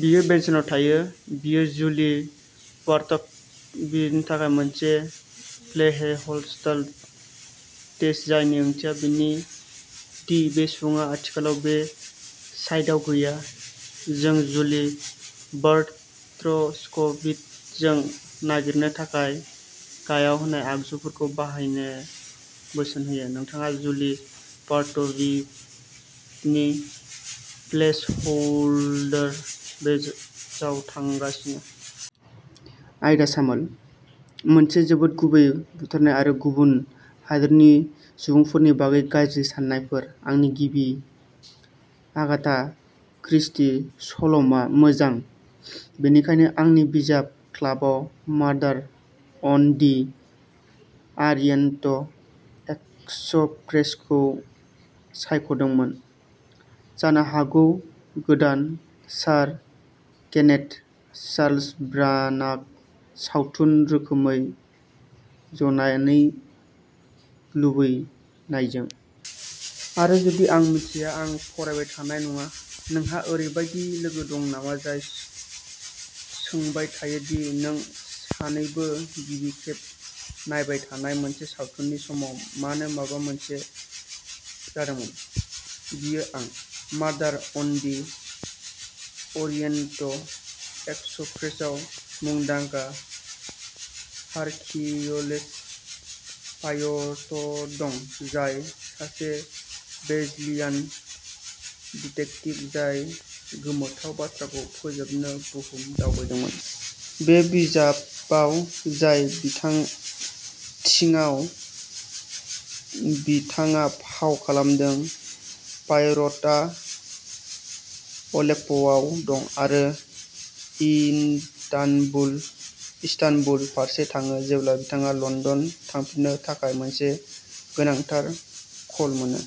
बियो बेनसनआव थायो। बेयो जुलि बार्टस्कविट्जनि थाखाय मोनसे प्लेसहोल्डार पेज, जायनि ओंथिया बेनो दि बे सुबुङा आथिखालाव बे साइटआव गैया। जों जुलि बार्टस्कविट्जखौ नागिरनो थाखाय गाहायाव होनाय आगजुफोरखौ बाहायनो बोसोन होयो। नोंथाङा जुलि बार्टस्कविट्जनि प्लेसहोल्डार पेजाव थांगासिनो। आयदा सामोलः मोनसे जोबोद गोबौ बुथारनाय आरो गुबुन हादोरनि सुबुंफोरनि बागै गाज्रि सान्नायफोर। आंनि गिबि आगाथा क्रिस्टी सल'मा। मोजां, बेनिखायनो आंनि बिजाब क्लाबआ मार्डार अन दि अरियेन्ट एक्सप्रेसखौ सायख'दोंमोन, जानो हागौ गोदान सार केनेथ चार्ल्स ब्रानाग सावथुन रोखोमखौ ज'नायनो लुबैनायजों। आरो जुदि आं मिथिया, आं फरायबाय थानाय नङा। नोंहा ओरैबायदि लोगो दं नामा जाय सोंबाय थायो दि नों सानैबो गिबि खेब नायबाय थानाय मोनसे सावथुननि समाव मानो माबा मोनसे जादोंमोन? बियो आं। मार्डार अन दि अरियेन्ट एक्सप्रेसआव मुंदांखा हारकिउले पायर'ट दं, जाय सासे बेल्जियान डिटेक्टिभ जाय गोमोथाव बाथ्राफोरखौ फोजोबनो बुहुम दावबायदों। बे बिजाबाव, जाय थिआव बिथाङा फाव खालामदों, पायर'टआ अलेप्प'आव दं आरो इस्तानबुल फारसे थाङो जेब्ला बिथाङा लन्दन थांफिननो थाखाय मोनसे गोनांथार कल मोनो।